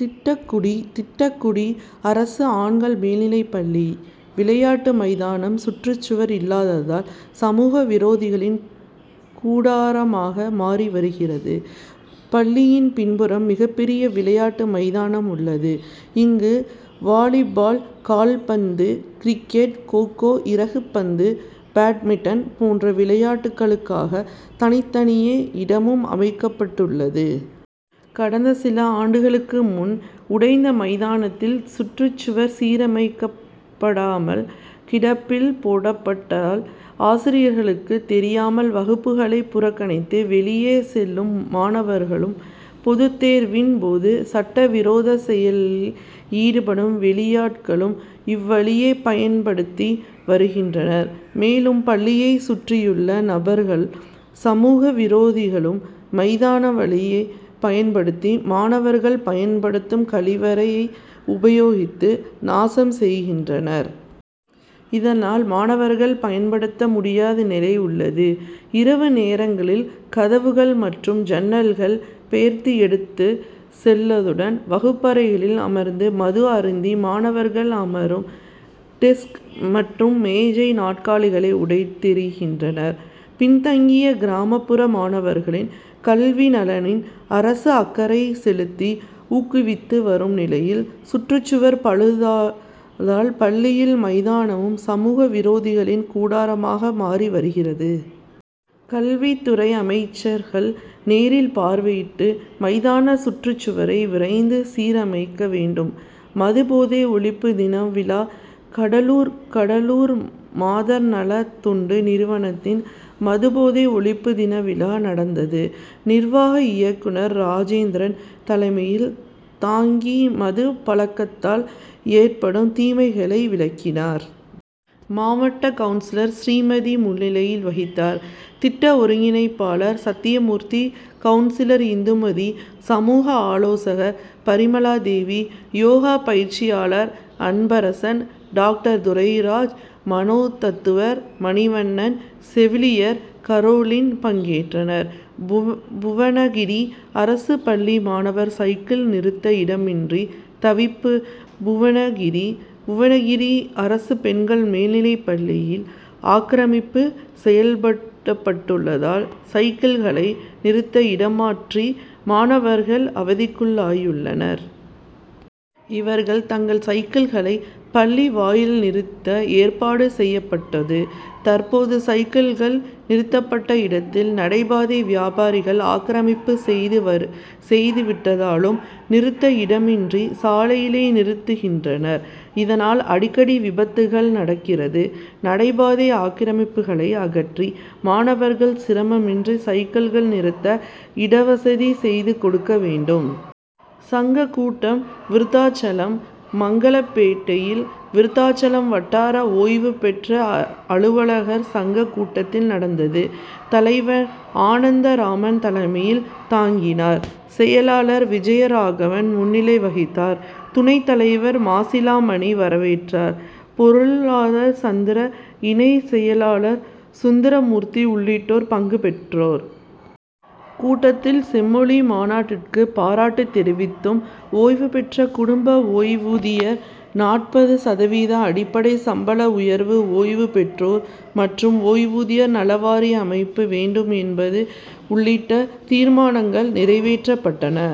திட்டக்குடி திட்டக்குடி அரசு ஆண் கள் மேல்நிலைப் பள்ளி விளையாட்டு மைதான சுற்றுச்சுவர் இல்லாததால் சமூக விரோதிகளின் கூடாரமாக மாறி வருகிறது. பள்ளியின் பின்புறம் மிகப்பெரிய விளையாட்டு மைதானம் உள்ளது. இங்கு வாலிபால், கால்பந்து, கிரிக் கெட், கோ-கோ, இறகுப் பந்து, பேட்மிட்டன் போன்ற விளையாட்டுகளுக்காக தனித்தனியே இடமும் அமைக்கப்பட் டுள்ளது. கடந்த சில ஆண்டுகளுக்கு முன் உடைந்த மைதானத்தின் சுற்றுச் சுவர் சீரமைக்கப்படாமல் கிடப்பில் போடப் பட்டதால் ஆசிரியர்களுக்கு தெரியாமல் வகுப் புகளை புறக்கணித்து வெளியே செல்லும் மாணவர்களும், பொதுத்தேர் வின் போது சட்ட விரோத செயல்களில் ஈடுபடும் வெளியாட்களும் இவ்வழியை பயன் படுத்தி வருகின்றனர். மேலும் பள்ளியைச் சுற்றியுள்ள நபர்களும், சமூக விரோதிகளும் மை தான வழியை பயன் படுத்தி மாணவர்கள் பயன் படுத்தும் கழிவறையை உபயோகித்து நாசம் செய்கின்றனர். இதனால் மாணவர்கள் பயன்படுத்த முடியாத நிலை உள்ளது. இரவு நேரங்களில் கதவுகள் மற் றும் ஜன்னல்கள் பெயர்த்து எடுத்துச் செல் வதுடன் வகுப்பறைகளில் அமர்ந்து மது அருந்தி மாணவர்கள் அமரும் டெஸ்க் மற்றும் மேஜை, நாற்காலிகளை உடைத் தெறிகின்றனர். பின்தங்கிய, கிராமப் புற மாணவர்களின் கல்வி நலனில் அரசு அக் கறை செலுத்தி ஊக்குவித்து வரும் நிலையில் சுற்றுச்சுவர் பழுதால் பள் ளியும், மைதானமும் சமூக விரோதிகளின் கூடாரமாக மாறி வருகிறது. கல்வித்துறை அதிகாரிகள் நேரில் பார்வையிட்டு மைதான சுற்றுச் சுவரை விரைந்து சீரமைக்க வேண்டும். மது போதை ஒழிப்பு தினவிழா கடலூர்: கடலூர் மாதர் நல தொண்டு நிறுவனத்தில் மது போதை ஒழிப்பு தின விழா நடந்தது. நிர்வாக இயக்குனர் ராஜேந்திரன் தலைமை தாங்கி மது பழக்கத்தால் ஏற்படும் தீமைகளை விளக்கினார். மாவட்ட கவுன்சிலர் ஸ்ரீமதி முன்னிலை வகித்தார். திட்ட ஒருங்கிணைப்பா ளர் சத்தியமூர்த்தி, கவுன் சிலர் இந்துமதி, சமூக ஆலோசகர் பரிமளாதேவி, யோகா பயிற்சியாளர் அன்பரசன், டாக் டர் துரைராஜ், மனோதத்துவர் மணிவண்ணன், செவிலியர் கரோலின் பங்கேற்றனர். புவனகிரி அரசு பள்ளி மாணவிகள் சைக்கிள் நிறுத்த இடமின்றி தவிப்பு புவனகிரி: புவனகிரி அரசு பெண் கள் மேல்நிலைப் பள்ளியில் ஆக்கிரமிப்பு செய்யப் பட்டுள்ளதால் சைக்கிள் களை நிறுத்த இடமின்றி மாணவிகள் அவதிக்குள்ளாகியுள்ளனர். இவர்கள் தங்கள் சைக்கிள் களை பள்ளி வாயிலில் நிறுத்த ஏற்பாடு செய்யப்பட்டது. தற்போது சைக்கிள்கள் நிறுத்தப்பட்ட இடத்தை நடைபாதை வியாபாரிகள் ஆக்கிரமிப்பு செய்து விட்டதாலும் நிறுத்த இடமின்றி சாலையிலேயே நிறுத்துகின்றனர். இதனால் அடிக்கடி விபத்துகள் நடக்கிறது. நடைபாதை ஆக்கிரமிப்புகளை அகற்றி மாணவிகள் சிரமமின்றி சைக்கிள்கள் நிறுத்த இடவசதி செய்து கொடுக்க வேண்டும். சங்க கூட்டம் விருத்தாசலம்: மங்கலம்பேட்டையில் விருத்தாசலம் வட்டார ஓய்வு பெற்ற அலுவலர் சங்க கூட்டம் நடந்தது. தலைவர் அனந்தராமன் தலைமை தாங்கினார். செயலாளர் விஜயராகவன் முன்னிலை வகித்தார். துணைத் தலைவர் மாசிலாமணி வரவேற்றார். பொருளா ளர் சந்திரா, இணை செயலாளர் சுந்தரமூர்த்தி உட் பட பலர் பங்கேற்றனர். கூட்டத்தில் செம் மொழி மாநாட்டிற்கு பாராட்டு தெரிவித்தும், ஓய்வு பெற்றோர் குடும்ப ஓய்வூதியருக்கு நாற்பது சதவீதம் அடிப்படை சம்பள உயர்வு. ஓய்வு பெற்றோர் மற் றும் ஓய்வூதியர் நலவாரியம் அமைக்க வேண்டும் என்பது உள்ளிட்ட தீர்மானங்கள் நிறைவேற்றப் பட்டன.